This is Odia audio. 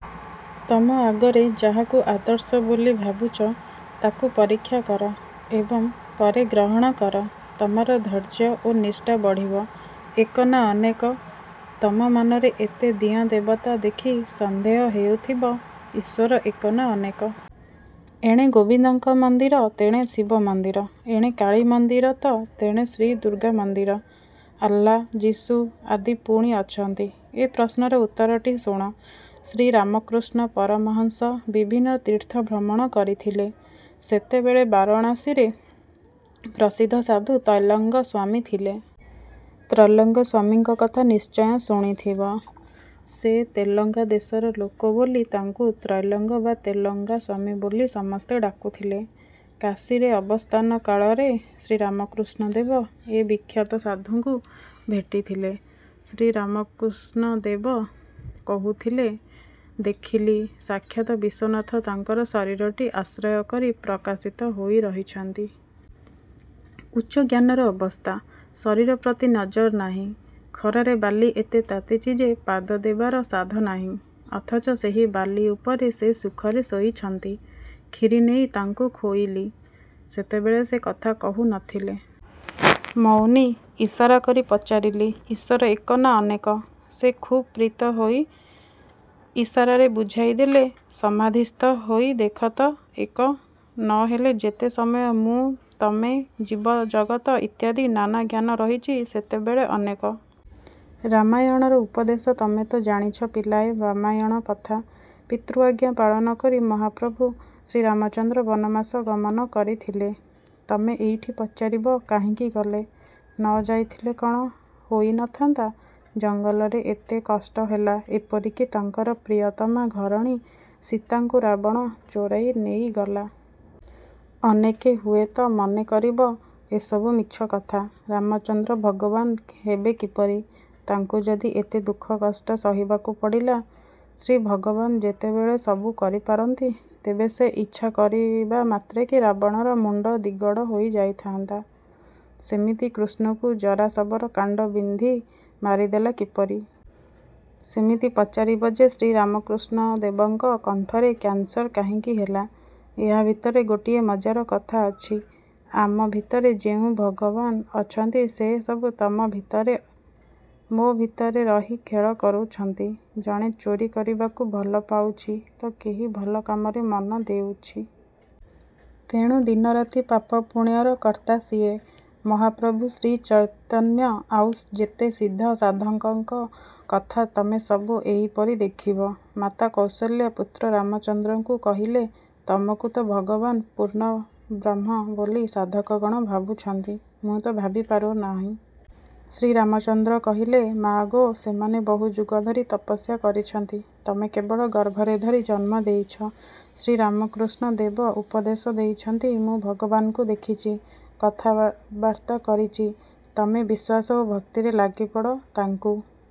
ତମ ଆଗରେ ଯାହାକୁ ଆଦର୍ଶ ବୋଲି ଭାବୁଛ ତାକୁ ପରୀକ୍ଷା କର ଏବଂ ପରେ ଗ୍ରହଣ କର। ତମର ଧୈର୍ଯ୍ୟ ଓ ନିଷ୍ଠା ବଢ଼ିବ। ଏକ ନା ଅନେକ? ତମ ମନରେ ଏତେ ଦିଅଁ ଦେବତା ଦେଖି ସନ୍ଦେହ ହେଉଥିବ ଈଶ୍ୱର ଏକ ନା ଅନେକ-। ଏଣେ ଗୋବିନ୍ଦଙ୍କ ମନ୍ଦିର ତେଣେ ଶିବମନ୍ଦିର, ଏଣେ କାଳୀମନ୍ଦିର ତ ତେଣେ ଶ୍ରୀ ଦୁର୍ଗାମନ୍ଦିର-। ଆଲ୍ଲା, ଯୀଶୁ ଆଦି ପୁଣି ଅଛନ୍ତି। ଏ ପ୍ରଶ୍ନର ଉତ୍ତରଟି ଶୁଣ। ଶ୍ରୀରାମକୃଷ୍ଣ ପରମହଂସ ବିଭିନ୍ନ ତୀର୍ଥ ଭ୍ରମଣ କରିଥିଲେ। ସେତେବେଳେ ବାରାଣସୀରେ ପ୍ରସିଦ୍ଧ ସାଧୁ ତ୍ରୈଲଙ୍ଗ ସ୍ୱାମୀ ଥିଲେ। ତ୍ରୈଲଙ୍ଗ ସ୍ୱାମୀଙ୍କ କଥା ନିଶ୍ଚୟ ଶୁଣିଥିବ। ସେ ତେଲଙ୍ଗା ଦେଶର ଲୋକ ବୋଲି ତାଙ୍କୁ ତ୍ରୈଲଙ୍ଗ ବା ତେଲଙ୍ଗା ସ୍ୱାମୀ ବୋଲି ସମସ୍ତେ ଡାକୁଥିଲେ। କାଶୀରେ ଅବସ୍ଥାନ କାଳରେ ଶ୍ରୀରାମକୃଷ୍ଣ ଦେବ ଏ ବିଖ୍ୟାତ ସାଧୁଙ୍କୁ ଭେଟିଥିଲେ। ଶ୍ରୀରାମକୃଷ୍ଣ ଦେବ କହୁଥିଲେ-ଦେଖିଲି, ସାକ୍ଷାତ ବିଶ୍ୱନାଥ ତାଙ୍କର ଶରୀରଟି ଆଶ୍ରୟ କରି ପ୍ରକାଶିତ ହୋଇ ରହିଛନ୍ତି। ଉଚ୍ଚ ଜ୍ଞାନର ଅବସ୍ଥା। ଶରୀର ପ୍ରତି ନଜର ନାହିଁ। ଖରାରେ ବାଲି ଏତେ ତାତିଛି ଯେ ପାଦ ଦେବାର ସାଧ୍ୟ ନାହିଁ, ଅଥଚ ସେହି ବାଲି ଉପରେ ସେ ସୁଖରେ ଶୋଇଛନ୍ତି। କ୍ଷିରି ନେଇ ତାଙ୍କୁ ଖୋଇଲି। ସେତେବେଳେ ସେ କଥା କହୁ ନ ଥିଲେ। ମୌନୀ। ଇଶାରା କରି ପଚାରିଲି, ''ଈଶ୍ୱର ଏକ ନା ଅନେକ? '' ସେ ଖୁବ୍ ପ୍ରୀତ ହୋଇ ଇଶାରାରେ ବୁଝାଇ ଦେଲେ, 'ସମାଧିସ୍ଥ ହୋଇ ଦେଖ ତ ଏକ, ନ ହେଲେ ଯେତେ ସମୟ ମୁଁ, ତମେ, ଜୀବଜଗତ ଇତ୍ୟାଦି ନାନା ଜ୍ଞାନ ରହିଛି, ସେତେବେଳେ ଅନେକ। ' ରାମାୟଣର ଉପଦେଶ ତମେତ ଜାଣିଛ ପିଲାଏ ରାମାୟଣ କଥା। ପିତୃଆଜ୍ଞା ପାଳନ କରି ମହାପ୍ରଭୁ ଶ୍ରୀରାମଚନ୍ଦ୍ର ବନବାସ ଗମନ କରିଥିଲେ। ତମେ ଏଇଠି ପଚାରିବ କାହିଁକି ଗଲେ? ନ ଯାଇଥିଲେ କ'ଣ ହୋଇ ନ ଥିନ୍ତା? ଜଙ୍ଗଲରେ ଏତେ କଷ୍ଟ ହେଲା ଏପରିକି ତାଙ୍କର ପ୍ରିୟତମା ଘରଣୀ ସୀତାଙ୍କୁ ରାବଣ ଚୋରାଇ ନେଇଗଲା। ଅନେକେ ହୁଏତ ମନେ କରିବ ଏସବୁ ମିଛ କଥା-। ରାମଚନ୍ଦ୍ର ଭଗବାନ ହେବେ କିପରି? ତାଙ୍କୁ ଯଦି ଏତେ ଦୁଃଖ-କଷ୍ଟ ସହିବାକୁ ପଡ଼ିଲା। ଶ୍ରୀଭଗବାନ ଯେତେବେଳେ ସବୁ କରିପାରନ୍ତି, ତେବେ ସେ ଇଚ୍ଛା କରିବା ମାତ୍ରକେ ରାବଣର ମୁଣ୍ତ ଦିଗଡ଼ ହୋଇଯାନ୍ତା। ସେମିତି କୃଷ୍ଣଙ୍କୁ ଜାରାଶବର କାଣ୍ତ ବିନ୍ଧି ମାରିଦେଲା କିପରି? ସେମିତି ପଚାରିବ ଯେ ଶ୍ରୀରାମକୃଷ୍ଣ ଦେବଙ୍କ କଣ୍ଠରେ କ୍ୟାନ୍ସର କାହିଁକି ହେଲା। ଏହା ଭିତରେ ଗୋଟିଏ ମଜାର କଥା ଅଛି। ଆମ ଭିତରେ ଯେଉଁ ଭଗବାନ ଅଛନ୍ତି ସେ ସବୁ ତମ ଭିତରେ, ମୋ ଭିତରେ ରହି ଖେଳ କରୁଛନ୍ତି। ଜଣେ ଚୋରୀ କରିବାକୁ ଭଲ ପାଉଛି ତ କେହି ଭଲ କାମରେ ମନ ଦେଉଛି। ତେଣୁ ଦିନରାତି ପାପ-ପୁଣ୍ୟର କର୍ତ୍ତା ସିଏ। ମହାପ୍ରଭୁ ଶ୍ରୀ ଚୈତନ୍ୟ ଆଉ ଯେତେ ସିଦ୍ଧ ସାଧକଙ୍କ କଥା ତମେ ସବୁ ଏହିପରି ଦେଖିବ। ମାତା କୌଶଲ୍ୟା ପୁତ୍ର ରାମଚନ୍ଦ୍ରଙ୍କୁ କହିଲେ, ତମକୁ ତ ଭଗବାନ ପୂର୍ଣ୍ଣବ୍ରହ୍ମ ବୋଲି ସାଧକଗଣ ଭାବୁଛନ୍ତି, ମୁଁ ତ ଭାବି ପାରୁନାହିଁ। ଶ୍ରୀରାମଚନ୍ଦ୍ର କହିଲେ-ମା' ଗୋ ସେମାନେ ବହୁ ଯୁଗ ଧରି ତପସ୍ୟା କରିଛନ୍ତି ତମେ କେବଳ ଗର୍ଭରେ ଧରି ଜନ୍ମ ଦେଇଛ। ଶ୍ରୀରାମକୃଷ୍ଣ ଦେବ ଉପଦେଶ ଦେଇଛନ୍ତି-ମୁଁ ଭଗବାନଙ୍କୁ ଦେଖିଛି। କଥାବାର୍ତ୍ତା କରିଛି-। ତମେ ବିଶ୍ୱାସ ଓ ଭକ୍ତିରେ ଲାଗିପଡ଼ ତାଙ୍କୁ